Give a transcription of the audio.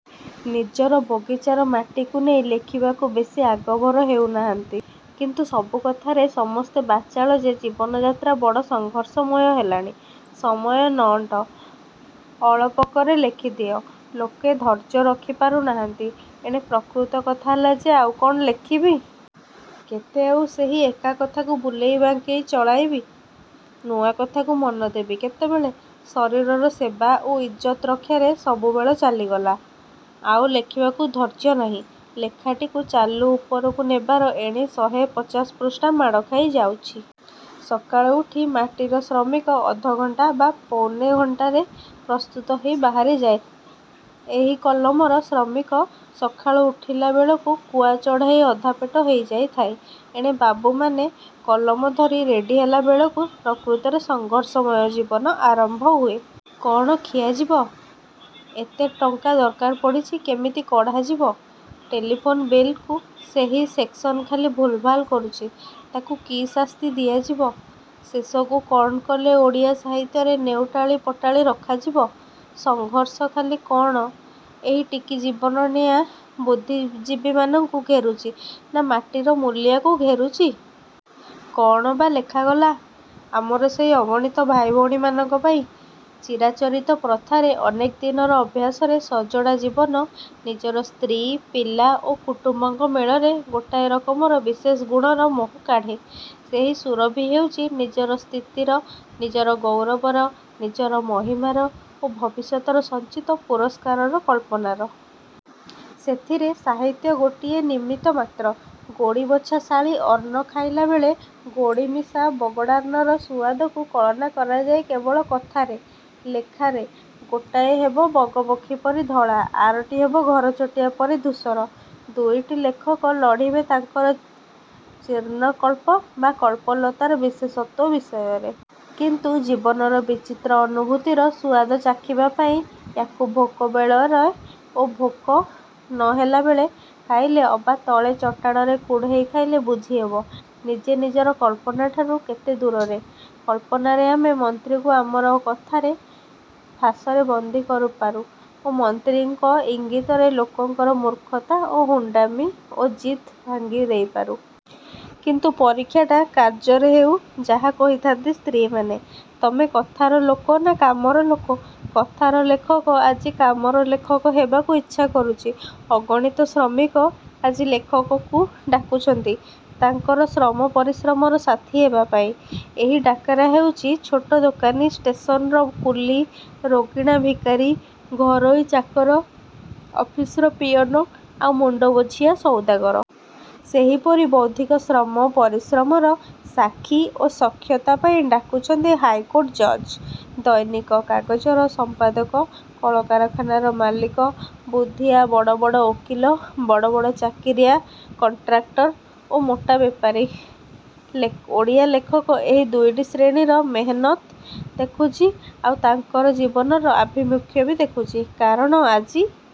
ନିଜର ବଗିଚାର ମାଟିକୁ ନେଇ ଲେଖିବାକୁ ବେଶି ଆଗଭର ହେଉ ନାହାନ୍ତି। କିନ୍ତୁ ସବୁ କଥାରେ ସମସ୍ତେ ବାଚାଳ ଯେ ଜୀବନଯାତ୍ରା ବଡ଼ ସଂଘର୍ଷମୟ ହେଲାଣି। ସମୟ ନଅଣ୍ଟ। ଅଳପକରେ ଲେଖିଦିଅ-ଲୋକେ ଧୈର୍ଯ୍ୟ ରଖିପାରୁ ନାହାନ୍ତି। ଏଣେ ପ୍ରକୃତ କଥା ହେଲା ଯେ କ'ଣ ଆଉ ଲେଖିବି? କେତେ ଆଉ ସେହି ଏକା କଥାକୁ ବୁଲେଇ ବାଙ୍କେଇ ଚଳାଇବି? ନୂଆ କଥାକୁ ମନ ଦେବି କେତେବେଳେ? ଶରୀରର ସେବା ଓ ଇଜ୍ଜତ ରକ୍ଷାରେ ସବୁବେଳ ଚାଲିଗଲା। ଆଉ ଲେଖିବାକୁ ଧୈର୍ଯ୍ୟ ନାହିଁ। ଲେଖାଟିକୁ ଚାଲୁ ଉପରକୁ ନେବାର ଏଣେ ଶହେ ପଚାଶପୃଷ୍ଠା ମାଡ଼ ଖାଇ ଯାଉଛି। ସକାଳୁ ଉଠି ମାଟିର ଶ୍ରମିକ ଅଧ୍ୟଘଣ୍ଟା ବା ପୌନେ ଘଣ୍ଟାରେ ପ୍ରସ୍ତୁତ ହେଇ ବାହାରିଯାଏ। ଏହି କଲମର ଶ୍ରମିକ ସକାଳୁ ଉଠିଲା ବେଳକୁ କୂଆ ଚଢ଼େଇ ଅଧାପେଟ ହେଇ ଯାଇଥାଏ। ଏଣେ ବାବୁମାନେ କଲମ ଧରି ରେଡ଼ି-ହେଲା ବେଳକୁ ପ୍ରକୃତରେ ସଂଘର୍ଷମୟ ଜୀବନ ଆରମ୍ଭ ହୁଏ। କ'ଣ ଖିଆଯିବ? ଏତେ ଟଙ୍କା ଦରକାର ପଡ଼ିଛି କେମିତି କଢ଼ାଯିବ? ଟେଲିଫୋନ ବିଲ୍କୁ ସେହି ସେକସନ ଖାଲି ଭୁଲ ଭାଲ୍ କରୁଛି ତାକୁ କି ଶାସ୍ତି ଦିଆଯିବ? ଶେଷକୁ କ'ଣ କଲେ ଓଡ଼ିଆ ସାହିତ୍ୟରେ ନେଉଟାଳି ପଟାଳି ରଖାଯିବ? ସଂଘର୍ଷ ଖାଲି କ'ଣ ଏହି ଟିକି-ଜୀବନିଆ ବୁଦ୍ଧି-ଜୀବୀମାନଙ୍କୁ ଘେରୁଛି ନା ମାଟିର ମୁଲିଆକୁ ଘେରୁଛି? କ'ଣ ବା ଲେଖାଗଲା ଆମର ସେଇ ଅଗଣିତ ଭାଇ ଭଉଣୀମାନଙ୍କ ପାଇଁ? ଚିରାଚରିତ ପ୍ରଥାରେ ଅନେକ ଦିନର ଅଭ୍ୟାସରେ ସଜଡ଼ା ଜୀବନ ନିଜର ସ୍ତ୍ରୀ, ପିଲା ଓ କୁଟୁମ୍ବଙ୍କ ମେଳରେ ଗୋଟାଏ ରକମର ବିଶେଷ ଗୁଣର ମହୁ କାଢ଼େ। ସେହି ସୁରଭି ହେଉଛି ନିଜର ସ୍ଥିତିର, ନିଜର ଗୌରବର, ନିଜର ମହିମାର ଓ ଭବିଷ୍ୟତର ସଞ୍ଚିତ ପୁରସ୍କାରର କଳ୍ପନାର। ସେଥିରେ ସାହିତ୍ୟ ଗୋଟିଏ ନିମିତ୍ତ ମାତ୍ର। ଗୋଡ଼ିବଛା ଶାଳୀ ଅନ୍ନ ଖାଇଲାବେଳେ ଗୋଡ଼ି ମିଶା ବଗଡ଼ାନ୍ନର ସୁଆଦକୁ କଳନା କରାଯାଏ କେବଳ କଥାରେ। ଲେଖାରେ ଗୋଟାଏ ହେବ ବଗପକ୍ଷୀ ପରି ଧଳା-ଆରଟି ହେବ ଘରଚଟିଆ ପରି ଧୂଷର। ଦୁଇଟି ଲେଖକ ଲଢ଼ିବେ ତାଙ୍କର ଚିନ୍ତ୍ରକଳ୍ପ ବା କଳ୍ପଲତାର ବିଶେଷତ୍ୱ ବିଷୟରେ। କିନ୍ତୁ ଜୀବନର ବିଚିତ୍ର ଅନୁଭୂତିର ସୁଆଦ ଚାଖିବା ପାଇଁ ୟା'କୁ ଭୋକ ବେଳରେ ଓ ଭୋକ। ନ ହେଲାବେଳେ ଖାଇଲେ ଅବା ତଳେ ଚଟାଣରେ କୁଢ଼େଇ ଖାଇଲେ ବୁଝି ହେବ ନିଜେ ନିଜର କଳ୍ପନାଠାରୁ କେତେ ଦୁରରେ। କଳ୍ପନାରେ ଆମେ ମନ୍ତ୍ରୀଙ୍କୁ ଆମର କଥାର ଫାଶରେ ବନ୍ଦୀ କରିପାରୁ ଓ ମନ୍ତ୍ରୀଙ୍କ ଇଙ୍ଗିତରେ ଲୋକଙ୍କର ମୂର୍ଖତା ଓ ହୁଣ୍ଡାମି ଓ ଜିଦ୍କୁ ଭାଙ୍ଗି ଦେଇପାରୁ। କିନ୍ତୁ ପରୀକ୍ଷାଟା କାର୍ଯ୍ୟରେ ହେଉ-ଯାହା କହିଥାନ୍ତି ସ୍ତ୍ରୀମାନେ। ତମେ କଥାର ଲୋକ ନା କାମର ଲୋକ? କଥାର ଲେଖକ ଆଜି କାମର ଲେଖକ ହେବାକୁ ଇଚ୍ଛା କରୁଛି। ଅଗଣିତ ଶ୍ରମିକ ଆଜି ଲେଖକକୁ ଡାକୁଛନ୍ତି ତାଙ୍କର ଶ୍ରମ-ପରିଶ୍ରମର ସାଥି ହେବାପାଇଁ। ଏହି ଡାକରା ହେଉଛି ଛୋଟ ଦୋକାନୀ, ଷ୍ଟେସନର କୁଲି, ରୋଗିଣା ଭିକାରୀ, ଘରୋଇ ଚାକର, ଅଫିସର ପିଅନ, ଆଉ ମୁଣ୍ଡବୋଝିଆ ସଉଦାଗର। ସେହିପରି ବୌଦ୍ଧିକ ଶ୍ରମ-ପରିଶ୍ରମର ସାକ୍ଷୀ ଓ ସଖ୍ୟତା ପାଇଁ ଡାକୁଛନ୍ତି ହାଇକୋଟ ଜଜ୍, ଦୈନିକ କାଗଜର ସଂପାଦକ କାରଖାନାର ମାଲିକ, ବୁଦ୍ଧିଆ ବଡ଼ ବଡ଼ ଓକିଲ, ବଡ଼ ବଡ଼ ଚାକିରିଆ, କଣ୍ଟ୍ରାକ୍ଟର ଓ ମୋଟା ବେପାରୀ? ଓଡ଼ିଆ ଲେଖକ ଏହି ଦୁଇଟି ଶ୍ରେଣୀର ମେହେନତ୍ ଦେଖୁଛି ଆଉ ତାଙ୍କର ଜୀବନର ଆଭିମୁଖ୍ୟ ବି ଦେଖୁଛି। କାରଣ ଆଜି